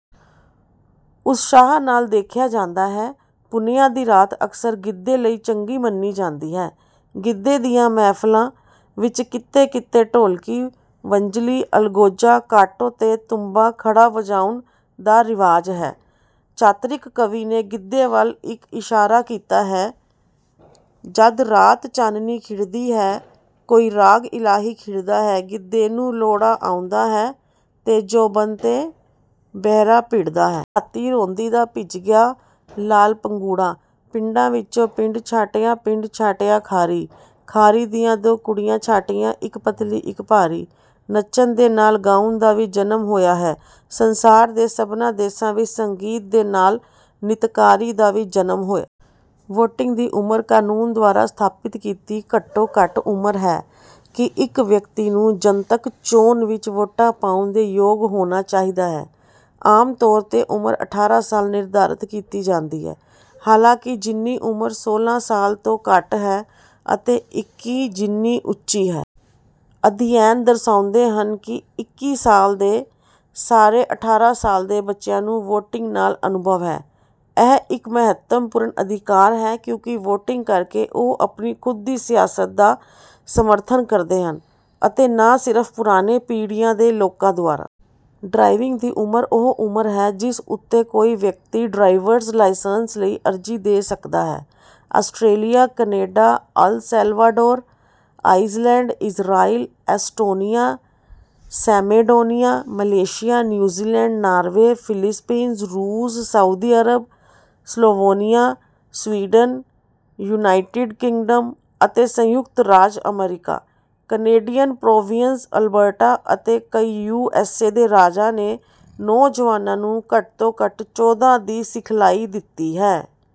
ਉਤਸ਼ਾਹ ਨਾਲ ਦੇਖਿਆ ਜਾਂਦਾ ਹੈ। ਪੁਨਿਆਂ ਦੀ ਰਾਤ ਅਕਸਰ ਗਿੱਧੇ ਲਈ ਚੰਗੀ ਮੰਨੀ ਜਾਂਦੀ ਹੈ। ਗਿੱਧੇ ਦੀਆਂ ਮਹਿਫਲਾਂ ਵਿੱਚ ਕਿੱਤੇ ਕਿੱਤੇ ਢੋਲਕੀ ਵੰਜਲੀ ਅਲਗੋਜਾ ਕਾਟੋ ਤੇ ਤੂੰਬਾ ਘੜਾ ਵਜਾਉਣ ਦਾ ਰਿਵਾਜ ਹੈ। ਚਾਤ੍ਰਿਕ ਕਵੀ ਨੇ ਗਿੱਧੇ ਵੱਲ ਇੱਕ ਇਸ਼ਾਰਾ ਕੀਤਾ ਹੈ ਜਦ ਰਾਤ ਚਾਨਣੀ ਖਿੜਦੀ ਹੈ ਕੋਈ ਰਾਗ ਇਲਾਹੀ ਖਿੜਦਾ ਹੈ ਗਿੱਧੇ ਨੂੰ ਲੋਹੜਾ ਆਉਂਦਾ ਹੈ ਜ਼ੋਬਨ ਤੇ ਬਿਰਹਾ ਭਿੜਦਾ ਹੈ। ਰਾਤੀਂ ਰੋਂਦੀ ਦਾ ਭਿੱਜ ਗਿਆ ਲਾਲ ਪੰਗੂੜਾ। ਪਿੰਡਾਂ ਵਿੱਚੋਂ ਪਿੰਡ ਛਾਟਿਆਂ ਪਿੰਡ ਛਾਟਿਆਂ ਖਾਰੀ ਖਾਰੀ ਦੀਆਂ ਦੋ ਕੁੜੀਆਂ ਛਾਟੀਆਂ ਇੱਕ ਪੱਤਲੀ ਇੱਕ ਭਾਰੀ। ਨੱਚਣ ਦੇ ਨਾਲ ਗਾਉਣ ਦਾ ਵੀ ਜਨਮ ਹੋਇਆ ਹੈ। ਸੰਸਾਰ ਦੇ ਸਭਨਾ ਦੇਸ਼ਾਂ ਵਿੱਚ ਸੰਗੀਤ ਦੇ ਨਾਲ ਨਿਤਕਾਰੀ ਦਾ ਵੀ ਜਨਮ ਹੋਇਆ। ਵੋਟਿੰਗ ਦੀ ਉਮਰ ਕਾਨੂੰਨ ਦੁਆਰਾ ਸਥਾਪਿਤ ਕੀਤੀ ਘੱਟੋ ਘੱਟ ਉਮਰ ਹੈ ਕਿ ਇੱਕ ਵਿਅਕਤੀ ਨੂੰ ਜਨਤਕ ਚੋਣ ਵਿੱਚ ਵੋਟ ਪਾਉਣ ਦੇ ਯੋਗ ਹੋਣਾ ਚਾਹੀਦਾ ਹੈ। ਆਮ ਤੌਰ ਤੇ ਉਮਰ ਅਠਾਰਾਂ ਸਾਲ ਨਿਰਧਾਰਤ ਕੀਤੀ ਜਾਂਦੀ ਹੈ ਹਾਲਾਂਕਿ ਜਿੰਨੀ ਉਮਰ ਸੋਲਾਂ ਸਾਲ ਤੋਂ ਘੱਟ ਹੈ ਅਤੇ ਇਕੀ ਜਿੰਨੀ ਉੱਚੀ ਹੈ। ਅਧਿਐਨ ਦਰਸਾਉਂਦੇ ਹਨ ਕਿ ਇਕੀ ਸਾਲ ਦੇ ਸਾਰੇ ਅਠਾਰਾਂ ਸਾਲ ਦੇ ਬੱਚਿਆਂ ਨੂੰ ਵੋਟਿੰਗ ਨਾਲ ਅਨੁਭਵ ਹੈ। ਇਹ ਇੱਕ ਮਹੱਤਵਪੂਰਨ ਅਧਿਕਾਰ ਹੈ ਕਿਉਂਕਿ ਵੋਟਿੰਗ ਕਰਕੇ ਉਹ ਆਪਣੀ ਖੁਦ ਦੀ ਸਿਆਸਤ ਦਾ ਸਮਰਥਨ ਕਰਦੇ ਹਨ ਅਤੇ ਨਾ ਸਿਰਫ ਪੁਰਾਣੇ ਪੀੜ੍ਹੀਆਂ ਦੇ ਲੋਕਾਂ ਦੁਆਰਾ। ਡਰਾਈਵਿੰਗ ਦੀ ਉਮਰ ਉਹ ਉਮਰ ਹੈ ਜਿਸ ਉੱਤੇ ਕੋਈ ਵਿਅਕਤੀ ਡਰਾਈਵਰਜ਼ ਲਾਇਸੈਂਸ ਲਈ ਅਰਜ਼ੀ ਦੇ ਸਕਦਾ ਹੈ। Australia Canada El Salvador Iceland Israel Estonia Macedonia Malaysia New Zealand Norway Philippines ਰੂਸ Saudi Arab Slovenia Sweden United Kingdom ਅਤੇ ਸੰਯੁਕਤ ਰਾਜ ਅਮਰੀਕਾ। ਕੈਨੇਡੀਅਨ ਪ੍ਰੋਵਿੰਸ ਅਲਬਰਟਾ ਅਤੇ ਕਈ ਯੂ ਐਸ ਦੇ ਰਾਜਾਂ ਨੇ ਨੌਜਵਾਨਾਂ ਨੂੰ ਘੱਟ ਤੋਂ ਘੱਟ ਚੌਦਾਂ ਦੀ ਸਿਖਲਾਈ ਦਿੱਤੀ ਹੈ।